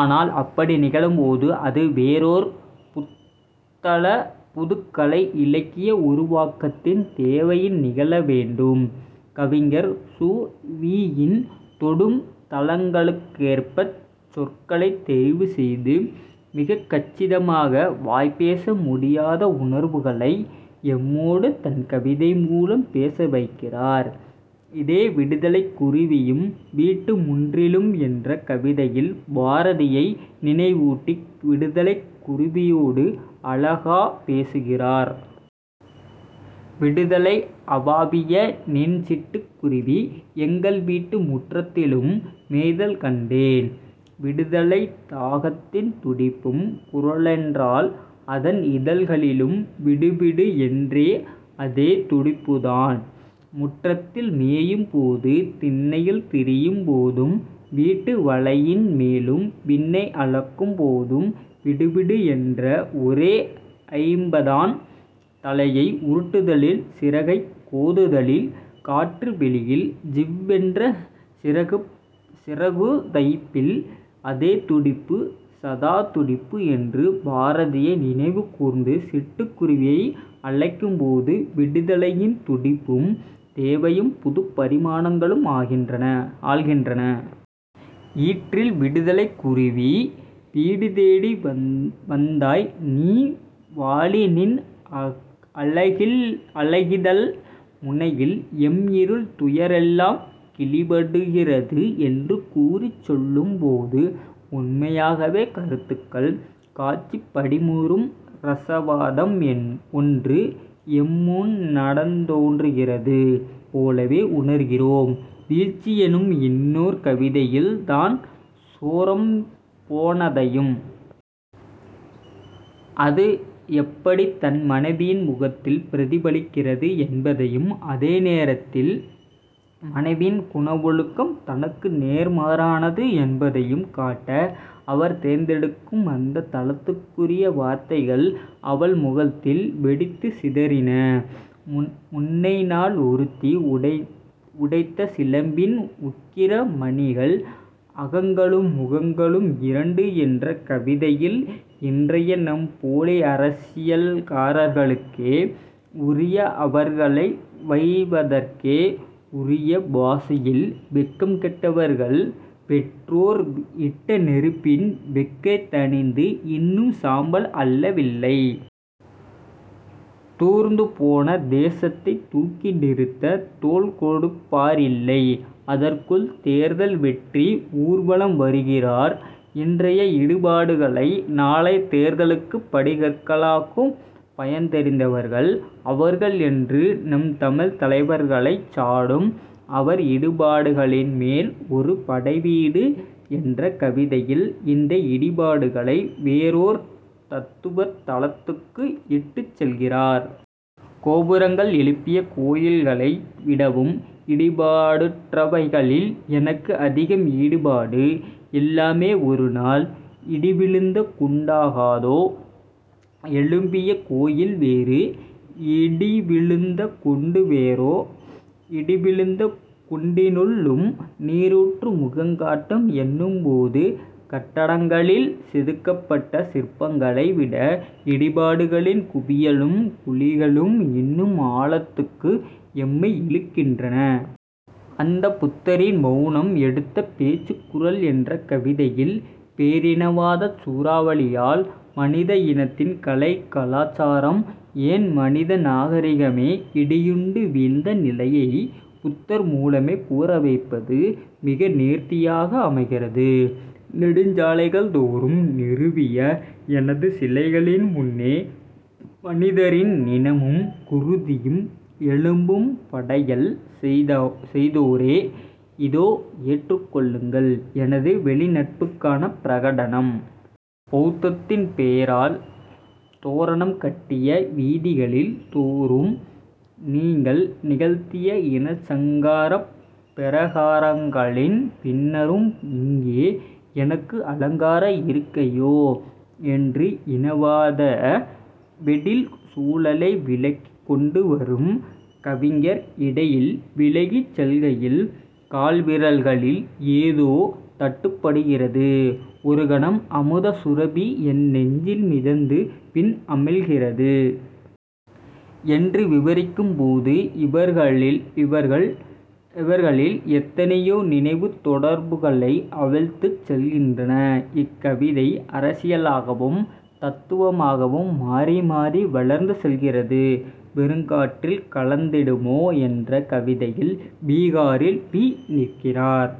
ஆனால் அப்படி நிகழும்போது அது வேறோர் புத்தள புதுக் கலை இலக்கிய உருவாக்கத்தின் தேவையின் நிகழ வேண்டும். கவிஞர் சு. வி. யின் தொடும் தளங்களுக்கேற்பச் சொற்களைத் தெரிவுசெய்து மிகக் கச்சிதமாக வாய்பேச முடியாத உணர்வுகளை எம்மோடு தன் கவிதை மூலம் பேசவைக்கிறார். இதே விடுதலைக் குருவியும் வீட்டு முன்றிலும் என்ற கவிதையில் பாரதியை நினைவூட்டி விடுதலைக் குருவியோடு அழகாகப் பேசுகிறார். விடுதலை அவாவிய நின் சிட்டுக் குருவி எங்கள் வீட்டு முற்றத்திலும் மேய்தல் கண்டேன். விடுதலைத் தாகத்தின் துடிப்பும் குரலென்றால் அதன் இதழ்களிலும் விடு விடு என்ற அதே துடிப்புத்தான். முற்றத்தில் மேயும் போதும் திண்ணையில் திரியும் போதும் வீட்டு வளையின் மேலும் விண்ணை அளக்கும் போதும் விடுவிடு என்ற ஒரே ஜபம்தான் தலையை உருட்டுதலில் சிறகைக் கோதுதலில் காற்று வெளியில் ஜிவ் வென்ற சிறகுதைப்பில் அதே துடிப்பு சதா துடிப்பு என்று பாரதியை நினைவுகூர்ந்து சிட்டுக் குருவியை அழைக்கும்போது விடுதலையின் துடிப்பும் தேவையும் புதுப் பரிமாணங்களும் ஆழ்கின்றன. ஈற்றில் விடுதலைக் குருவீ! வீடுதேடி வந்தாய் நீ வாழி நின் அலகிதழ் முனையில் எம் இருள் துயரெல்லாம் கிழிபடுகிறது என்று கூறிச் செல்லும்போது உண்மையாகவே கருத்துக்கள் காட்சிப் படிமமுறும் ரசவாதம் ஒன்று எம்முன்நடந்தோறுகின்றது போலவே உணர்கிறோம். வீழ்ச்சி என்னும் இன்னோர் கவிதையில் தான் சோரம் போனதையும் அது எப்படித் தன் மனைவியின் முகத்தில் பிரதிபலிக்கிறது என்பதையும் அதேநேரத்தில் மனைவியின் குணவொழுக்கம் தனக்கு நேர்மாறானது என்பதையும் காட்ட அவர் தேர்ந்தெடுக்கும் அந்தத் தளத்துக்குரிய வார்த்தைகள் அவள் முகத்தில் வெடித்துச் சிதறின முன்னைநாள் ஒருத்தி உடைத்த சிலம்பின் உக்கிர மணிகள் அகங்களும் முகங்களும் இரண்டு என்ற கவிதையில் இன்றைய நம் போலி அரசியல்காரர்களுக்கே உரிய அவர்களை வைவதற்கே உரிய பாஷையில் வெட்கம் கெட்டவர்கள் வேற்றோர் இட்ட நெருப்பின் வெக்கை தணிந்து இன்னும் சாம்பல் அள்ளவில்லை. தூர்ந்து போன தேசத்தைத் தூக்கி நிறுத்தத் தோள் கொடுப்பாரில்லை. அதற்குள் தேர்தல் வெற்றி ஊர்வலம் வருகிறார் இன்றைய இடிபாடுகளை நாளைய தேர்தலுக்கு படிக் கற்களாக்கும் பயன் தெரிந்தவர்கள் அவர்கள் என்று நம் தமிழ்த் தலைவர்களைச் சாடும் அவர் இடிபாடுகளின்மேல் ஒரு படைவீடு என்ற கவிதையில் இந்த இடிபாடுகளை வேறோர் தத்துவத் தளத்துக்கு இட்டுச் செல்கிறார். கோபுரங்கள் எழுப்பிய கோயில்களை விடவும் இடிபாடுற்றவைகளில் எனக்கு அதிகம் ஈடுபாடு எல்லாமே ஒரு நாள் இடிவிழுந்த குண்டாகாதோ? எழும்பிய கோயில் வேறு. இடிவிழுந்தகுண்டு வேறா? இடிவிழுந்த குண்டினுள்ளும் நீருற்று முகங்காட்டும். என்னும்போது கட்டடங்களில் செதுக்கப்பட்ட சிற்பங்களை விட இடிபாடுகளின் குவியலும் குழிகளும் இன்னும் ஆழத்துக்கு எம்மை இழுக்கின்றன. அந்த புத்தரின் மௌனம் எடுத்த பேச்சுக் குரல் என்ற கவிதையில் பேரினவாதச் சூறாவளியால் மனித இனத்தின் கலை கலாசாரம் ஏன் மனித நாகரிகமே இடியுண்டு வீழ்ந்த நிலையை புத்தர் மூலமே கூறவைப்பது மிக நேர்த்தியாக அமைகிறது. நெடுஞ் சாலைகள்தோறும் நிறுவிய எனது சிலைகளின் முன்னே மனிதரின் நிணமும் குருதியும் எலும்பும் படையல் செய்தோரே இதோ ஏற்றுக் கொள்ளுங்கள் எனது வெளிநடப்புக்கான பிரகடனம். பௌத்தத்தின் பேரால் தோரணம் கட்டிய வீதிகள் தோறும் நீங்கள் நிகழ்த்திய இன சங்காரப் பெரஹராக்களின் பின்னரும் இங்கே எனக்கு அலங்கார இருக்கையோ? என்று இனவாத வெடில் சூழலை விளக்கிக் கொண்டு வரும் கவிஞர் இடையில் விலகி செல்கையில் கால்விரல்களில் ஏதோ தட்டுப்படுகிறது. ஒரு கணம் அமுத சுரபி என் நெஞ்சில் மிதந்து பின் அமிழ்கிறது. என்று விவரிக்கும் போது இவ்வரிகள் எத்தனையோ நினைவுத் தொடர்களை அவிழ்த்துச் செல்கின்றன. இக்கவிதை அரசியலாகவும், தத்துவமாகவும் மாறி மாறி வளர்ந்து செல்கிறது. வெறுங் காற்றில் கலந்திடுமோ என்ற கவிதையில் பீகாரில் வி. நிற்கிறார்.